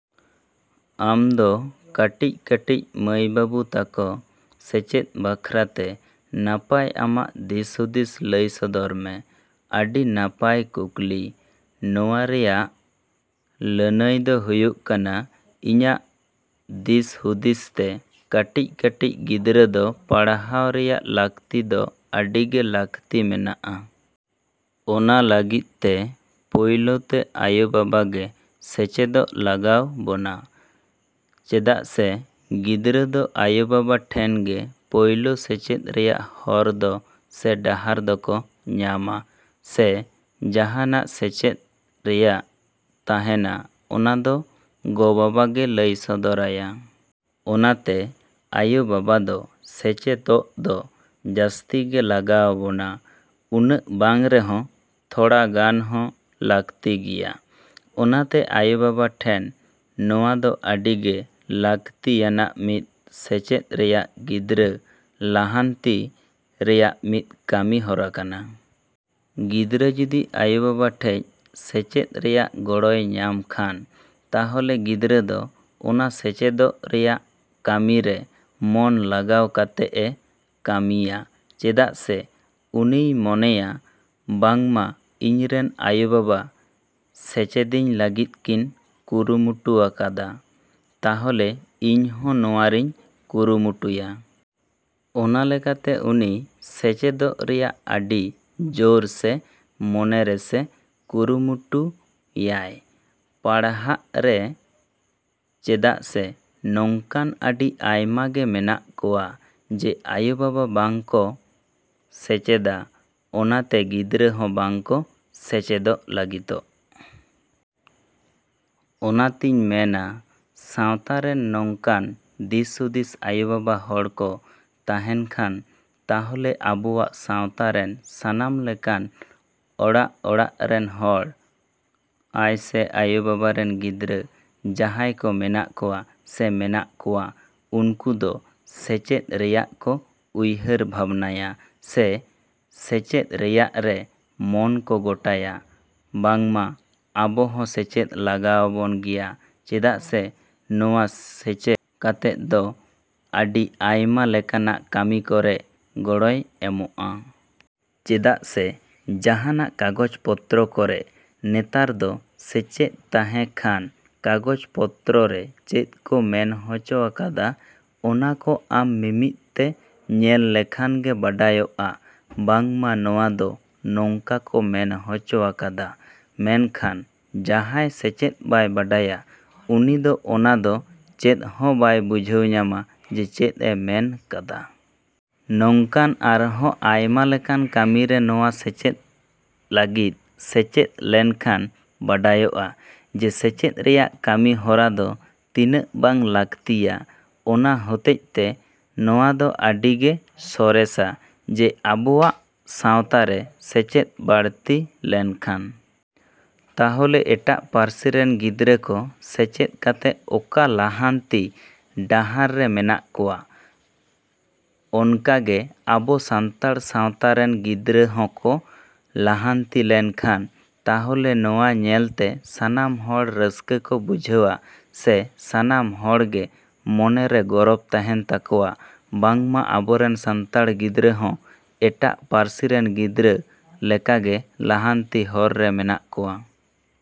ᱟᱢ ᱫᱚ ᱠᱟᱹᱴᱤᱡᱼᱠᱟᱹᱴᱤᱡ ᱢᱟᱹᱭᱼᱵᱟᱹᱵᱩ ᱛᱟᱠᱚ ᱥᱮᱪᱮᱫ ᱵᱟᱠᱷᱨᱟ ᱛᱮ ᱱᱟᱯᱟᱭ ᱟᱢᱟᱜ ᱫᱤᱥᱦᱩᱫᱤᱥ ᱞᱟᱹᱭ ᱥᱚᱫᱚᱨ ᱢᱮ᱾ ᱟᱹᱰᱤ ᱱᱟᱯᱟᱭ ᱠᱩᱠᱞᱤ᱾ ᱱᱚᱣᱟ ᱨᱮᱭᱟᱜ ᱞᱟᱹᱱᱟᱹᱭ ᱫᱚ ᱦᱩᱭᱩᱜ ᱠᱟᱱᱟ ᱤᱧᱟᱹᱜ ᱫᱤᱥᱦᱩᱫᱤᱥ ᱛᱮ ᱠᱟᱹᱴᱤᱡᱼᱠᱟᱹᱴᱤᱡ ᱜᱤᱫᱽᱨᱟᱹ ᱫᱚ ᱯᱟᱲᱦᱟᱣ ᱨᱮᱭᱟᱜ ᱞᱟᱹᱠᱛᱤ ᱫᱚ ᱟᱹᱰᱤᱜᱮ ᱞᱟᱹᱠᱛᱤ ᱢᱮᱱᱟᱜᱼᱟ᱾ ᱚᱱᱟ ᱞᱟᱹᱜᱤᱫ ᱛᱮ ᱯᱩᱭᱞᱩ ᱛᱮ ᱟᱭᱳᱼᱵᱟᱵᱟ ᱜᱮ ᱥᱮᱪᱮᱫᱚᱜ ᱞᱟᱜᱟᱣ ᱵᱚᱱᱟ ᱪᱮᱫᱟᱜ ᱥᱮ ᱜᱤᱫᱽᱨᱟᱹ ᱫᱚ ᱟᱭᱳᱼᱵᱟᱵᱟ ᱴᱷᱮᱱ ᱜᱮ ᱯᱩᱭᱞᱩ ᱥᱮᱪᱮᱫ ᱨᱮᱭᱟᱜ ᱦᱚᱨ ᱫᱚ ᱥᱮ ᱰᱟᱦᱟᱨ ᱫᱚᱠᱚ ᱧᱟᱢᱟ ᱥᱮ ᱡᱟᱦᱟᱱᱟᱜ ᱥᱮᱪᱮᱫ ᱨᱮᱭᱟᱜ ᱛᱟᱦᱮᱱᱟ ᱚᱱᱟ ᱫᱚ ᱜᱚᱼᱵᱟᱵᱟ ᱜᱮ ᱞᱟᱹᱭ ᱥᱚᱫᱚᱨᱟᱭᱟ᱾ ᱚᱱᱟᱛᱮ ᱟᱭᱳᱼᱵᱟᱵᱟ ᱫᱚ ᱥᱮᱪᱮᱫᱚᱜ ᱫᱚ ᱡᱟᱹᱥᱛᱤᱜᱮ ᱞᱟᱜᱟᱣ ᱵᱚᱱᱟ ᱩᱱᱟᱹᱜ ᱵᱟᱝ ᱨᱮᱦᱚᱸ ᱛᱷᱚᱲᱟ ᱜᱟᱱ ᱦᱚᱸ ᱞᱟᱹᱠᱛᱤ ᱜᱮᱭᱟ᱾ ᱚᱱᱟᱛᱮ ᱟᱭᱳᱼᱵᱟᱵᱟ ᱴᱷᱮᱱ ᱱᱚᱣᱟ ᱫᱚ ᱟᱹᱰᱤ ᱜᱮ ᱞᱟᱹᱠᱛᱤ ᱟᱱᱟᱜ ᱢᱤᱫ ᱥᱮᱪᱮᱫ ᱨᱮᱭᱟᱜ ᱜᱤᱫᱽᱨᱟᱹ ᱞᱟᱦᱟᱱᱛᱤ ᱨᱮᱭᱟᱜ ᱢᱤᱫ ᱠᱟᱹᱢᱤ ᱦᱚᱨᱟ ᱠᱟᱱᱟ᱾ ᱜᱤᱫᱽᱨᱟᱹ ᱡᱩᱫᱤ ᱟᱭᱳᱼᱵᱟᱵᱟ ᱴᱷᱮᱡ ᱥᱮᱪᱮᱫ ᱨᱮᱭᱟᱜ ᱜᱚᱲᱚᱭ ᱧᱟᱢ ᱠᱷᱟᱱ ᱛᱟᱦᱚᱞᱮ ᱜᱤᱫᱽᱨᱟᱹ ᱫᱚ ᱚᱱᱟ ᱥᱮᱪᱮᱫᱚᱜ ᱨᱮᱭᱟᱜ ᱠᱟᱹᱢᱤᱨᱮ ᱢᱚᱱ ᱞᱟᱜᱟᱣ ᱠᱟᱛᱮᱫ ᱮ ᱠᱟᱹᱢᱤᱭᱟ ᱪᱮᱫᱟᱜ ᱥᱮ ᱩᱱᱤᱭ ᱢᱚᱱᱮᱭᱟ ᱵᱟᱝᱢᱟ ᱤᱧ ᱨᱮᱱ ᱟᱭᱳᱼᱵᱟᱵᱟ ᱥᱮᱪᱮᱫᱤᱧ ᱞᱟᱹᱜᱤᱫ ᱠᱤᱱ ᱠᱩᱨᱩᱢᱩᱴᱩ ᱟᱠᱟᱫᱟ ᱛᱟᱦᱚᱞᱮ ᱤᱧ ᱦᱚᱸ ᱱᱚᱣᱟ ᱨᱮᱧ ᱠᱩᱨᱩᱢᱩᱴᱩᱭᱟ᱾ ᱚᱱᱟ ᱞᱮᱠᱟᱛᱮ ᱩᱱᱤ ᱥᱮᱪᱮᱫᱚᱜ ᱨᱮᱭᱟᱜ ᱟᱹᱰᱤ ᱡᱳᱨ ᱥᱮ ᱢᱚᱱᱮᱨᱮ ᱥᱮ ᱠᱩᱨᱩᱢᱩᱴᱩ ᱭᱟᱭ ᱯᱟᱲᱦᱟᱜ ᱨᱮ ᱪᱮᱫᱟᱜ ᱥᱮ ᱱᱚᱝᱠᱟᱱ ᱟᱹᱰᱤ ᱟᱭᱢᱟ ᱜᱮ ᱢᱮᱱᱟᱜ ᱠᱚᱣᱟ ᱡᱮ ᱟᱭᱳᱼᱵᱟᱵᱟ ᱵᱟᱝ ᱠᱚ ᱥᱮᱪᱮᱫᱟ ᱚᱱᱟᱛᱮ ᱜᱤᱫᱽᱨᱟᱹ ᱦᱚᱸ ᱵᱟᱝᱠᱚ ᱥᱮᱪᱮᱫᱚᱜ ᱞᱟᱹᱜᱤᱫᱚᱜ᱾ ᱚᱱᱟᱛᱮᱧ ᱢᱮᱱᱟ ᱥᱟᱶᱛᱟᱨᱮᱱ ᱱᱚᱝᱠᱟᱱ ᱫᱤᱥᱦᱩᱫᱤᱥ ᱟᱭᱳᱼᱵᱟᱵᱟ ᱦᱚᱲ ᱠᱚ ᱛᱟᱦᱮᱱ ᱠᱷᱟᱱ ᱛᱟᱦᱚᱞᱮ ᱟᱵᱚᱣᱟᱜ ᱥᱟᱶᱛᱟ ᱨᱮᱱ ᱥᱟᱱᱟᱢ ᱞᱮᱠᱟᱱ ᱚᱲᱟᱜᱼᱚᱲᱟᱜ ᱨᱮᱱ ᱦᱚᱲ ᱟᱭᱥᱮ ᱟᱭᱳᱼᱵᱟᱵᱟ ᱨᱮᱱ ᱜᱤᱫᱽᱨᱟᱹ ᱡᱟᱦᱟᱸᱭ ᱠᱚ ᱢᱮᱱᱟᱜ ᱠᱚᱣᱟ ᱥᱮ ᱢᱮᱱᱟᱜ ᱠᱚᱣᱟ ᱩᱱᱠᱩ ᱫᱚ ᱥᱮᱪᱮᱫ ᱨᱮᱭᱟᱜ ᱠᱚ ᱩᱭᱦᱟᱹᱨ ᱵᱷᱟᱵᱽᱱᱟᱭᱟ ᱥᱮ ᱥᱮᱪᱮᱫ ᱨᱮᱭᱟᱜ ᱨᱮ ᱢᱚᱱ ᱠᱚ ᱜᱚᱴᱟᱭᱟ ᱵᱟᱝᱢᱟ ᱟᱵᱚ ᱦᱚᱸ ᱥᱮᱪᱮᱫ ᱞᱟᱜᱟᱣ ᱵᱚᱱ ᱜᱮᱭᱟ ᱪᱮᱫᱟᱜ ᱥᱮ ᱱᱚᱣᱟ ᱥᱮᱪᱮᱫ ᱠᱟᱛᱮᱫ ᱫᱚ ᱟᱹᱰᱤ ᱟᱭᱢᱟ ᱞᱮᱠᱟᱱᱟᱜ ᱠᱟᱹᱢᱤ ᱠᱚᱨᱮ ᱜᱚᱲᱚᱭ ᱮᱢᱚᱜᱼᱟ᱾ ᱪᱮᱫᱟᱜ ᱥᱮ ᱡᱟᱦᱟᱱᱟᱜ ᱠᱟᱜᱚᱡᱽ ᱯᱚᱛᱨᱚ ᱠᱚᱨᱮ ᱱᱮᱛᱟᱨ ᱫᱚ ᱥᱮᱪᱮᱫ ᱛᱟᱦᱮᱸ ᱠᱷᱟᱱ ᱠᱟᱜᱚᱡᱽ ᱯᱚᱛᱨᱚ ᱨᱮ ᱪᱮᱫ ᱠᱚ ᱢᱮᱱ ᱦᱚᱪᱚᱣ ᱟᱠᱟᱫᱟ ᱚᱱᱟ ᱠᱚ ᱟᱢ ᱢᱤᱢᱤᱫ ᱛᱮ ᱧᱮᱞ ᱞᱮᱠᱷᱟᱱ ᱜᱮ ᱵᱟᱰᱟᱭᱚᱜᱼᱟ ᱵᱟᱝᱢᱟ ᱱᱚᱶᱟ ᱫᱚ ᱱᱚᱝᱠᱟ ᱠᱚ ᱢᱮᱱ ᱦᱚᱪᱚᱣ ᱟᱠᱟᱫᱟ ᱢᱮᱱᱠᱷᱟᱱ ᱡᱟᱦᱟᱸᱭ ᱥᱮᱪᱮᱫ ᱵᱟᱭ ᱵᱟᱰᱟᱭᱟ ᱩᱱᱤ ᱫᱚ ᱚᱱᱟ ᱫᱚ ᱪᱮᱫ ᱦᱚᱸ ᱵᱟᱭ ᱵᱩᱡᱷᱟᱹᱣ ᱧᱟᱢᱟ ᱡᱮ ᱪᱮᱫ ᱮ ᱢᱮᱱ ᱠᱟᱫᱟ᱾ ᱱᱚᱝᱠᱟᱱ ᱟᱨᱦᱚᱸ ᱟᱭᱢᱟ ᱞᱮᱠᱟᱱ ᱠᱟᱹᱢᱤᱨᱮ ᱱᱚᱶᱟ ᱥᱮᱪᱮᱫ ᱞᱟᱹᱜᱤᱫ ᱥᱮᱪᱮᱫ ᱞᱮᱱᱠᱷᱟᱱ ᱵᱟᱰᱟᱭᱚᱜᱼᱟ ᱡᱮ ᱥᱮᱪᱮᱫ ᱨᱮᱭᱟᱜ ᱠᱟᱹᱢᱤ ᱦᱚᱨᱟ ᱫᱚ ᱛᱤᱱᱟᱹᱜ ᱵᱟᱝ ᱞᱟᱹᱠᱛᱤᱭᱟ᱾ ᱚᱱᱟ ᱦᱚᱛᱮᱡ ᱛᱮ ᱱᱚᱣᱟ ᱫᱚ ᱟᱰᱤᱜᱮ ᱥᱚᱨᱮᱥᱟ ᱡᱮ ᱟᱵᱚᱣᱟᱜ ᱥᱟᱶᱛᱟᱨᱮ ᱥᱮᱪᱮᱫ ᱵᱟᱹᱲᱛᱤ ᱞᱮᱱᱠᱷᱟᱱ ᱛᱟᱦᱚᱞᱮ ᱮᱴᱟᱜ ᱯᱟᱹᱨᱥᱤᱨᱮᱱ ᱜᱤᱫᱽᱨᱟᱹ ᱠᱚ ᱥᱮᱪᱮᱫ ᱠᱟᱛᱮᱫ ᱚᱠᱟ ᱞᱟᱦᱟᱱᱛᱤ ᱰᱟᱦᱟᱨ ᱨᱮ ᱢᱮᱱᱟᱜ ᱠᱚᱣᱟ ᱚᱱᱠᱟᱜᱮ ᱟᱵᱚ ᱥᱟᱱᱛᱟᱲ ᱥᱟᱶᱛᱟ ᱨᱮᱱ ᱜᱤᱫᱽᱨᱟᱹ ᱦᱚᱸᱠᱚ ᱞᱟᱦᱟᱱᱛᱤ ᱞᱮᱱᱠᱷᱟᱱ ᱛᱟᱦᱚᱞᱮ ᱱᱚᱣᱟ ᱧᱮᱞ ᱛᱮ ᱥᱟᱱᱟᱢ ᱦᱚᱲ ᱨᱟᱹᱥᱠᱟᱹ ᱠᱚ ᱵᱩᱡᱷᱟᱹᱣᱟ ᱥᱮ ᱥᱟᱱᱟᱢ ᱦᱚᱲ ᱜᱮ ᱢᱚᱱᱮᱨᱮ ᱜᱚᱨᱚᱵ ᱛᱟᱦᱮᱱ ᱛᱟᱠᱚᱣᱟ ᱵᱟᱝᱢᱟ ᱟᱵᱚᱨᱮᱱ ᱥᱟᱱᱛᱟᱲ ᱜᱤᱫᱽᱨᱟᱹ ᱦᱚᱸ ᱮᱴᱟᱜ ᱯᱟᱨᱥᱤᱨᱮᱱ ᱜᱤᱫᱽᱨᱟᱹ ᱞᱮᱠᱟᱜᱮ ᱞᱟᱦᱟᱱᱛᱤ ᱦᱚᱨ ᱨᱮ ᱢᱮᱱᱟᱜ ᱠᱚᱣᱟ।